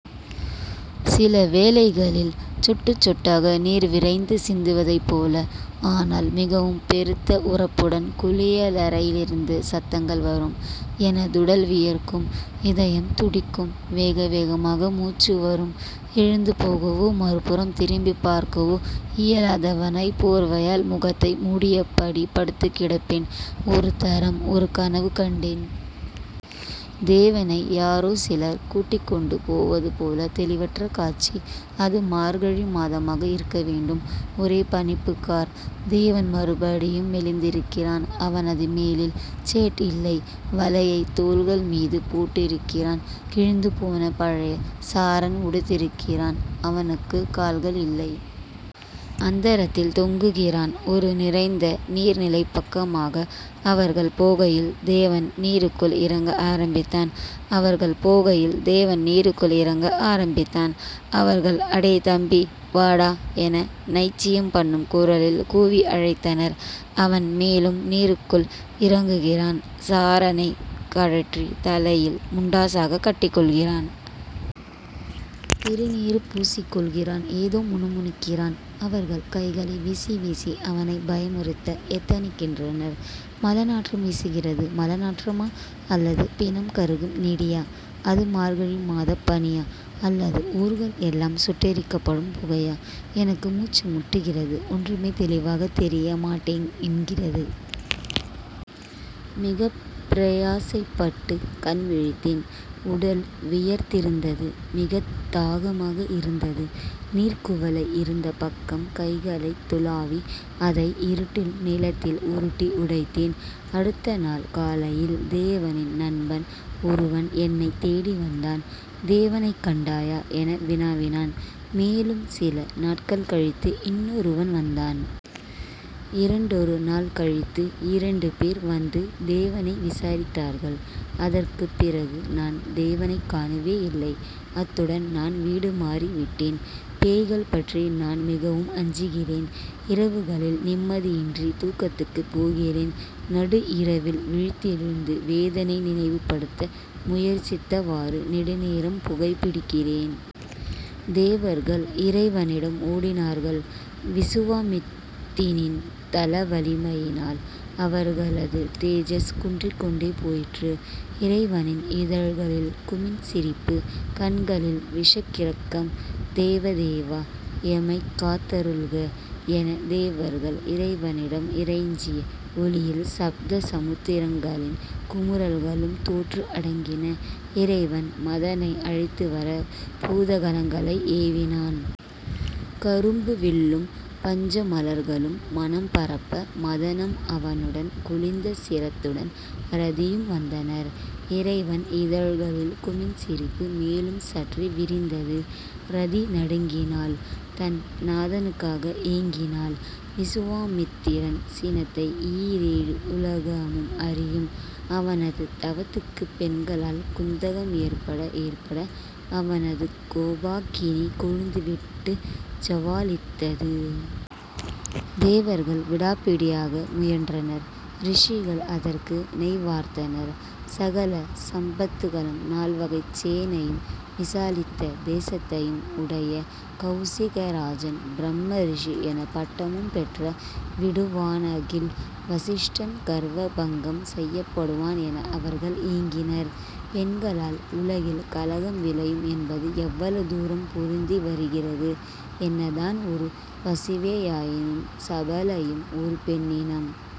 சிலவேளைகளில் சொட்டுச் சொட்டாக நீர் விரைந்து சிந்துவதைப்போல, ஆனால் மிகவும் பெருத்த உரப்புடன் குளியலறையிலிருந்து சத்தங்கள் வரும். எனதுடல் வியர்க்கும். இதயம் துடிக்கும். வேகவேகமாக மூச்சு வரும். எழுந்து போகவோ மறுபுறம் திரும்பிப் பார்க்கவோ இயலாதவனாய் போர்வையால் முகத்தை மூடியபடி படுத்துக்கிடப்பேன். ஒரு தரம், ஒரு கனவு கண்டேன். தேவனை யாரோ சிலர் கூட்டிக் கொண்டு போவது போல தெளிவற்ற காட்சி. அது மார்கழி மாதமாக இருக்க வேண்டும். ஒரே பனிப்புகார். தேவன் மறுபடியும் மெலிந்திருக்கிறான். அவனது மேலில் சேட்இல்லை. வலையை தோள்கள் மீது போட்டிருக்கிறான். கிழிந்துபோன பழைய சாரன் உடுத்திருக்கிறான். அவனுக்கு கால்கள் இல்லை. அந்தரத்தில் தொங்குகிறான். ஒரு நிறைந்த நீர்நிலைப்பக்கமாக அவர்கள் போகையில் தேவன் நீருக்குள் இறங்க ஆரம்பித்தான். அவர்கள் போகையில் தேவன் நீருக்குள் இறங்க ஆரம்பித்தான். அவர்கள் அடே தம்பி... வாடா.. என நைச்சியம் பண்ணும் குரலில் கூவி அழைத்தனர். அவன் மேலும் நீருக்குள் இறங்குகிறான். சாரனை கழற்றி தலையில் முண்டாசாக கட்டிக்கொள்கிறான். திருநீறு பூசிக்கொள்கிறான். ஏதோ முணுமுணுக்கிறான். அவர்கள் கைகளை வீசி வீசி அவனைப் பயமுறுத்த எத்தனிக்கின்றனர். மலநாற்றம் வீசுகிறது. மலநாற்றமா அல்லது பிணம் கருகும் நெடியா? அது மார்கழி மாதப்பனியா, அல்லது ஊர்கள் எல்லாம் சுட்டெரிக்கப்படும் புகையா? எனக்கு மூச்சு முட்டுகிறது. ஒன்றுமே தெளிவாகத் தெரியமா டேன் என்கிறது. மிகப் பிரயாசைப்பட்டு கண்விழித்தேன். உடல் வியர்த்திருந்தது. மிகத் தாகமாக இருந்தது. நீர்க்குவளை இருந்த பக்கம் கைகளைத் துளாவி அதை இருட்டில் நிலத்தில் உருட்டி உடைத்தேன். அடுத்த நாள் காலையில் தேவனின் நண்பன் ஒருவன் என்னைத் தேடிவந்தான். தேவனைக் கண்டாயா என வினாவினான். மேலும் சில நாட்கள் கழித்து இன்னொருவன் வந்தான். இரண்டொரு நாள் கழித்து இரண்டு பேர் வந்து தேவனை விசாரித்தார்கள். அதற்குப் பிறகு நான் தேவனைக் காணவேயில்லை அத்துடன் நான் வீடு மாறிவிட்டேன். பேய்கள் பற்றி நான் மிகவும் அஞ்சுகிறேன். இரவுகளில் நிம்மதியின்றி தூக்கத்துக்கு போகிறேன். நடுஇரவில் விழித்தெழுந்து வேதனை நினைவு படுத்த முயற்சித்தவாறு நெடுநேரம் புகைபிடிக்கிறேன். தேவர்கள் இறைவனிடம் ஓடினார்கள். விசுவாமித்தினின் தவவலிமையினால் அவர்களது தேஜஸ் குன்றிக் கொண்டே போயிற்று. இறைவனின் இதழ்களில் குமிண்சிரிப்பு. கண்களில் விஷக்கிறக்கம். தேவ தேவா.. எமைக் காத்தருள்க...என தேவர்கள் இறைவனிடம் இறைஞ்சிய ஒலியில் சப்த சமுத்திரங்களின் குமுறல்களும் தோற்று அடங்கின. இறைவன் மதனை அழைத்துவர பூதகனங்களை ஏவினான். கரும்பு வில்லும் பஞ்சமலர்களும் மணம் பரப்ப மதனம் அவனுடன் குளிந்த சிரத்துடன் ரதியும் வந்தனர். இறைவன் இதழ்களில் குமிண்சிரிப்பு மேலும் சற்றே விரிந்தது. ரதி நடுங்கினாள். தன் நாதனுக்காக ஏங்கினாள். விசுவாமித்திரன் சினத்தை ஈரேழு உலகமும் அறியும். அவனது தவத்துக்கு பெண்களால் குந்தகம் ஏற்பட ஏற்பட அவனது கோபாக்கினி கொழுந்துவிட்டு ஜ்வாலித்தது. தேவர்கள் விடாப்பிடியாக முயன்றனர். ரிஷிகள் அதற்கு நெய் வார்த்தனர். சகல சம்பத்துகளம் நால்வகைச் சேனையும் விசாலித்த தேசத்தையும் உடைய கெளசிகராஜன் பிரம்ம ரிஷி என பட்டமும் பெற்ற விடுவானாகில்.... வசிஷ்டன் கர்வபங்கம் செய்யப்படுவான் என அவர்கள் ஏங்கினர். பெண்களால் உலகில் கலகம் விளையும் என்பது எவ்வளவு தூரம் பொருந்தி வருகிறது. என்ன தான் ஒரு பசுவேயாயினும் சபலையும் ஒரு பெண்ணினம்